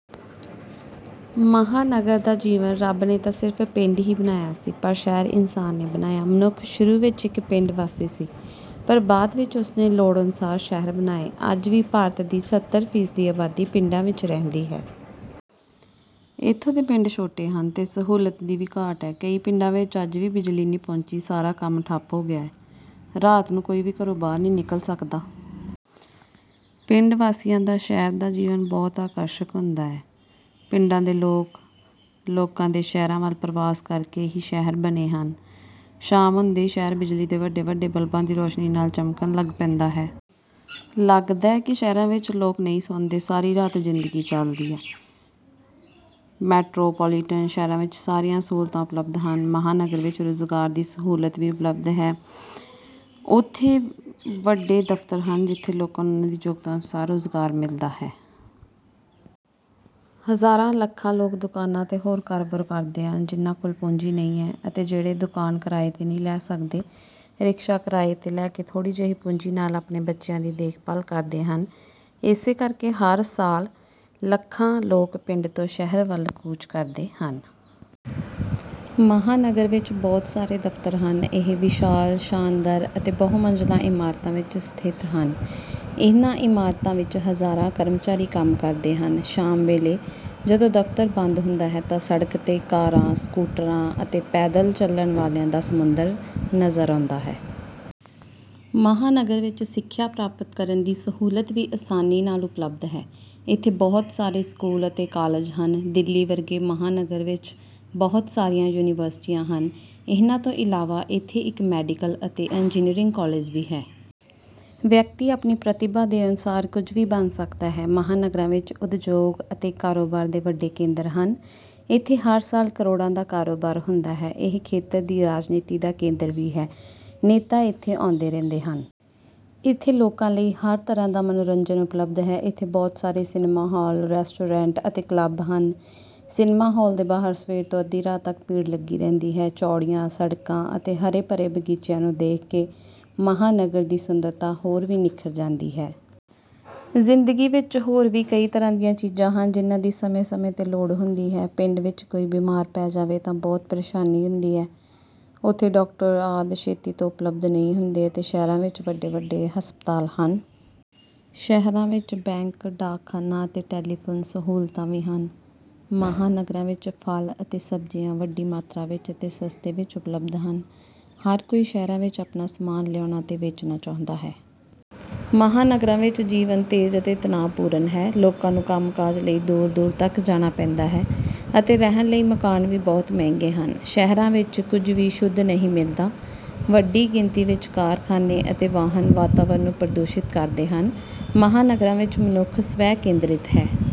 ਮਹਾਨਗਰ ਦਾ ਜੀਵਨ ਰੱਬ ਨੇ ਤਾਂ ਸਿਰਫ਼ ਪਿੰਡ ਹੀ ਬਣਾਇਆ ਸੀ ਪਰ ਸ਼ਹਿਰ ਇਨਸਾਨ ਨੇ ਬਣਾਇਆ। ਮਨੁੱਖ ਸ਼ੁਰੂ ਵਿੱਚ ਇੱਕ ਪਿੰਡ ਵਾਸੀ ਸੀ। ਪਰ ਬਾਅਦ ਵਿੱਚ ਉਸ ਨੇ ਲੋੜ ਅਨੁਸਾਰ ਸ਼ਹਿਰ ਬਣਾਏ। ਅੱਜ ਵੀ ਭਾਰਤ ਦੀ ਸੱਤਰ ਫੀਸਦੀ ਆਬਾਦੀ ਪਿੰਡਾਂ ਵਿੱਚ ਰਹਿੰਦੀ ਹੈ। ਇੱਥੋਂ ਦੇ ਪਿੰਡ ਛੋਟੇ ਹਨ ਅਤੇ ਸਹੂਲਤਾਂ ਦੀ ਵੀ ਘਾਟ ਹੈ। ਕਈ ਪਿੰਡਾਂ ਵਿੱਚ ਅੱਜ ਵੀ ਬਿਜਲੀ ਨਹੀਂ ਪਹੁੰਚੀ। ਸਾਰਾ ਕੰਮ ਠੱਪ ਹੋ ਗਿਆ ਹੈ। ਰਾਤ ਨੂੰ ਕੋਈ ਵੀ ਘਰੋਂ ਬਾਹਰ ਨਹੀਂ ਨਿਕਲ ਸਕਦਾ। ਪਿੰਡ ਵਾਸੀਆਂ ਦਾ ਸ਼ਹਿਰ ਦਾ ਜੀਵਨ ਬਹੁਤ ਆਕਰਸ਼ਕ ਹੁੰਦਾ ਹੈ। ਪਿੰਡਾਂ ਦੇ ਲੋਕਾਂ ਦੇ ਸ਼ਹਿਰਾਂ ਵੱਲ ਪਰਵਾਸ ਕਰਕੇ ਹੀ ਸ਼ਹਿਰ ਬਣੇ ਹਨ। ਸ਼ਾਮ ਹੁੰਦੇ ਹੀ ਸ਼ਹਿਰ ਬਿਜਲੀ ਦੇ ਵੱਡੇ-ਵੱਡੇ ਬਲਬਾਂ ਦੀ ਰੋਸ਼ਨੀ ਨਾਲ ਚਮਕਣ ਲੱਗ ਪੈਂਦਾ ਹੈ। ਲੱਗਦਾ ਹੈ ਕਿ ਸ਼ਹਿਰਾਂ ਵਿੱਚ ਲੋਕ ਨਹੀਂ ਸੌਂਦੇ, ਸਾਰੀ ਰਾਤ ਜ਼ਿੰਦਗੀ ਚਲਦੀ ਹੈ। ਮੈਟਰੋਪੋਲੀਟਨ ਸ਼ਹਿਰਾਂ ਵਿੱਚ ਸਾਰੀਆਂ ਸਹੂਲਤਾਂ ਉਪਲਬਧ ਹਨ। ਮਹਾਂਨਗਰ ਵਿੱਚ ਰੁਜ਼ਗਾਰ ਦੀ ਸਹੂਲਤ ਵੀ ਉਪਲਬਧ ਹੈ। ਉੱਥੇ ਵੱਡੇ ਦਫ਼ਤਰ ਹਨ। ਜਿੱਥੇ ਲੋਕਾਂ ਨੂੰ ਉਨ੍ਹਾਂ ਦੀ ਯੋਗਤਾ ਅਨੁਸਾਰ ਰੁਜ਼ਗਾਰ ਮਿਲਦਾ ਹੈ। ਹਜ਼ਾਰਾਂ-ਲੱਖਾਂ ਲੋਕ ਦੁਕਾਨਾਂ ਅਤੇ ਹੋਰ ਕਾਰੋਬਾਰ ਕਰਦੇ ਹਨ। ਜਿਨ੍ਹਾਂ ਕੋਲ ਪੂੰਜੀ ਨਹੀਂ ਹੈ। ਅਤੇ ਜਿਹੜੇ ਦੁਕਾਨ ਕਿਰਾਏ 'ਤੇ ਨਹੀਂ ਲੈ ਸਕਦੇ। ਰਿਕਸ਼ਾ ਕਿਰਾਏ 'ਤੇ ਲੈ ਕੇ ਥੋੜ੍ਹੀ ਜਿਹੀ ਪੂੰਜੀ ਨਾਲ ਆਪਣੇ ਬੱਚਿਆਂ ਦੀ ਦੇਖਭਾਲ ਕਰਦੇ ਹਨ, ਇਸੇ ਕਰਕੇ ਹਰ ਸਾਲ ਲੱਖਾਂ ਲੋਕ ਪਿੰਡ ਤੋਂ ਸ਼ਹਿਰ ਵੱਲ ਕੂਚ ਕਰਦੇ ਹਨ। ਮਹਾਂਨਗਰ ਵਿੱਚ ਬਹੁਤ ਸਾਰੇ ਦਫ਼ਤਰ ਹਨ। ਇਹ ਵਿਸ਼ਾਲ, ਸ਼ਾਨਦਾਰ ਅਤੇ ਬਹੁ-ਮੰਜ਼ਲਾ ਇਮਾਰਤਾਂ ਵਿੱਚ ਸਥਿਤ ਹਨ। ਇਨ੍ਹਾਂ ਇਮਾਰਤਾਂ ਵਿੱਚ ਹਜ਼ਾਰਾਂ ਕਰਮਚਾਰੀ ਕੰਮ ਕਰਦੇ ਹਨ। ਸ਼ਾਮ ਵੇਲੇ ਜਦੋਂ ਦਫ਼ਤਰ ਬੰਦ ਹੁੰਦਾ ਹੈ ਤਾਂ ਸੜਕ 'ਤੇ ਕਾਰਾਂ, ਸਕੂਟਰਾਂ ਅਤੇ ਪੈਦਲ ਚੱਲਣ ਵਾਲਿਆਂ ਦਾ ਸਮੁੰਦਰ ਨਜ਼ਰ ਆਉਂਦਾ ਹੈ। ਮਹਾਂਨਗਰ ਵਿੱਚ ਸਿੱਖਿਆ ਪ੍ਰਾਪਤ ਕਰਨ ਦੀ ਸਹੂਲਤ ਵੀ ਆਸਾਨੀ ਨਾਲ ਉਪਲਬਧ ਹੈ। ਇੱਥੇ ਬਹੁਤ ਸਾਰੇ ਸਕੂਲ ਅਤੇ ਕਾਲਜ ਹਨ। ਦਿੱਲੀ ਵਰਗੇ ਮਹਾਂਨਗਰ ਵਿੱਚ ਬਹੁਤ ਸਾਰੀਆਂ ਯੂਨੀਵਰਸਿਟੀਆਂ ਹਨ। ਇਨ੍ਹਾਂ ਤੋਂ ਇਲਾਵਾ ਇੱਥੇ ਇੱਕ ਮੈਡੀਕਲ ਅਤੇ ਇੰਜਨੀਅਰਿੰਗ ਕਾਲਜ ਵੀ ਹੈ। ਵਿਅਕਤੀ ਆਪਣੀ ਪ੍ਰਤਿਭਾ ਦੇ ਅਨੁਸਾਰ ਕੁਝ ਵੀ ਬਣ ਸਕਦਾ ਹੈ। ਮਹਾਨਗਰਾਂ ਵਿੱਚ ਉਦਯੋਗ ਅਤੇ ਕਾਰੋਬਾਰ ਦੇ ਵੱਡੇ ਕੇਂਦਰ ਹਨ। ਇੱਥੇ ਹਰ ਸਾਲ ਕਰੋੜਾਂ ਦਾ ਕਾਰੋਬਾਰ ਹੁੰਦਾ ਹੈ। ਇਹ ਖੇਤਰ ਦੀ ਰਾਜਨੀਤੀ ਦਾ ਕੇਂਦਰ ਵੀ ਹੈ, ਨੇਤਾ ਇੱਥੇ ਆਉਂਦੇ ਰਹਿੰਦੇ ਹਨ। ਇੱਥੇ ਲੋਕਾਂ ਲਈ ਹਰ ਤਰ੍ਹਾਂ ਦਾ ਮਨੋਰੰਜਨ ਉਪਲਬਧ ਹੈ। ਇੱਥੇ ਬਹੁਤ ਸਾਰੇ ਸਿਨੇਮਾ ਹਾਲ, ਰੈਸਟੋਰੈਂਟ ਅਤੇ ਕਲੱਬ ਹਨ। ਸਿਨੇਮਾ ਹਾਲ ਦੇ ਬਾਹਰ ਸਵੇਰ ਤੋਂ ਅੱਧੀ ਰਾਤ ਤੱਕ ਭੀੜ ਲੱਗੀ ਰਹਿੰਦੀ ਹੈ। ਚੌੜੀਆਂ ਸੜਕਾਂ ਅਤੇ ਹਰੇ-ਭਰੇ ਬਗੀਚਿਆਂ ਨੂੰ ਦੇਖ ਕੇ ਮਹਾਂਨਗਰ ਦੀ ਸੁੰਦਰਤਾ ਹੋਰ ਵੀ ਨਿਖਰ ਜਾਂਦੀ ਹੈ। ਜ਼ਿੰਦਗੀ ਵਿਚ ਹੋਰ ਵੀ ਕਈ ਤਰ੍ਹਾਂ ਦੀਆਂ ਚੀਜ਼ਾਂ ਹਨ। ਜਿਨ੍ਹਾਂ ਦੀ ਸਮੇਂ-ਸਮੇਂ 'ਤੇ ਲੋੜ ਹੁੰਦੀ ਹੈ। ਪਿੰਡ ਵਿੱਚ ਕੋਈ ਬਿਮਾਰ ਪੈ ਜਾਵੇ ਤਾਂ ਬਹੁਤ ਪ੍ਰੇਸ਼ਾਨੀ ਹੁੰਦੀ ਹੈ। ਉਥੇ ਡਾਕਟਰ ਆਦਿ ਛੇਤੀ ਤੋਂ ਉਪਲਬਧ ਨਹੀਂ ਹੁੰਦੇ ਅਤੇ ਸ਼ਹਿਰਾਂ ਵਿਚ ਵੱਡੇ-ਵੱਡੇ ਹਸਪਤਾਲ ਹਨ। ਸ਼ਹਿਰਾਂ ਵਿੱਚ ਬੈਂਕ, ਡਾਕਖਾਨਾ ਅਤੇ ਟੈਲੀਫੋਨ ਸਹੂਲਤਾਂ ਵੀ ਹਨ। ਮਹਾਨਗਰਾਂ ਵਿੱਚ ਫਲ ਅਤੇ ਸਬਜ਼ੀਆਂ ਵੱਡੀ ਮਾਤਰਾ ਵਿੱਚ ਅਤੇ ਸਸਤੇ ਵਿੱਚ ਉਪਲਬਧ ਹਨ। ਹਰ ਕੋਈ ਸ਼ਹਿਰਾਂ ਵਿੱਚ ਆਪਣਾ ਸਾਮਾਨ ਲਿਆਉਣਾ ਅਤੇ ਵੇਚਣਾ ਚਾਹੁੰਦਾ ਹੈ। ਮਹਾਨਗਰਾਂ ਵਿੱਚ ਜੀਵਨ ਤੇਜ਼ ਅਤੇ ਤਣਾਅਪੂਰਨ ਹੈ। ਲੋਕਾਂ ਨੂੰ ਕੰਮ-ਕਾਜ ਲਈ ਦੂਰ-ਦੂਰ ਤੱਕ ਜਾਣਾ ਪੈਂਦਾ ਹੈ ਅਤੇ ਰਹਿਣ ਲਈ ਮਕਾਨ ਵੀ ਬਹੁਤ ਮਹਿੰਗੇ ਹਨ। ਸ਼ਹਿਰਾਂ ਵਿੱਚ ਕੁਝ ਵੀ ਸ਼ੁੱਧ ਨਹੀਂ ਮਿਲਦਾ। ਵੱਡੀ ਗਿਣਤੀ ਵਿੱਚ ਕਾਰਖਾਨੇ ਅਤੇ ਵਾਹਨ ਵਾਤਾਵਰਨ ਨੂੰ ਪ੍ਰਦੂਸ਼ਿਤ ਕਰਦੇ ਹਨ। ਮਹਾਨਗਰਾਂ ਵਿੱਚ ਮਨੁੱਖ ਸਵੈ-ਕੇਂਦਰਿਤ ਹੈ।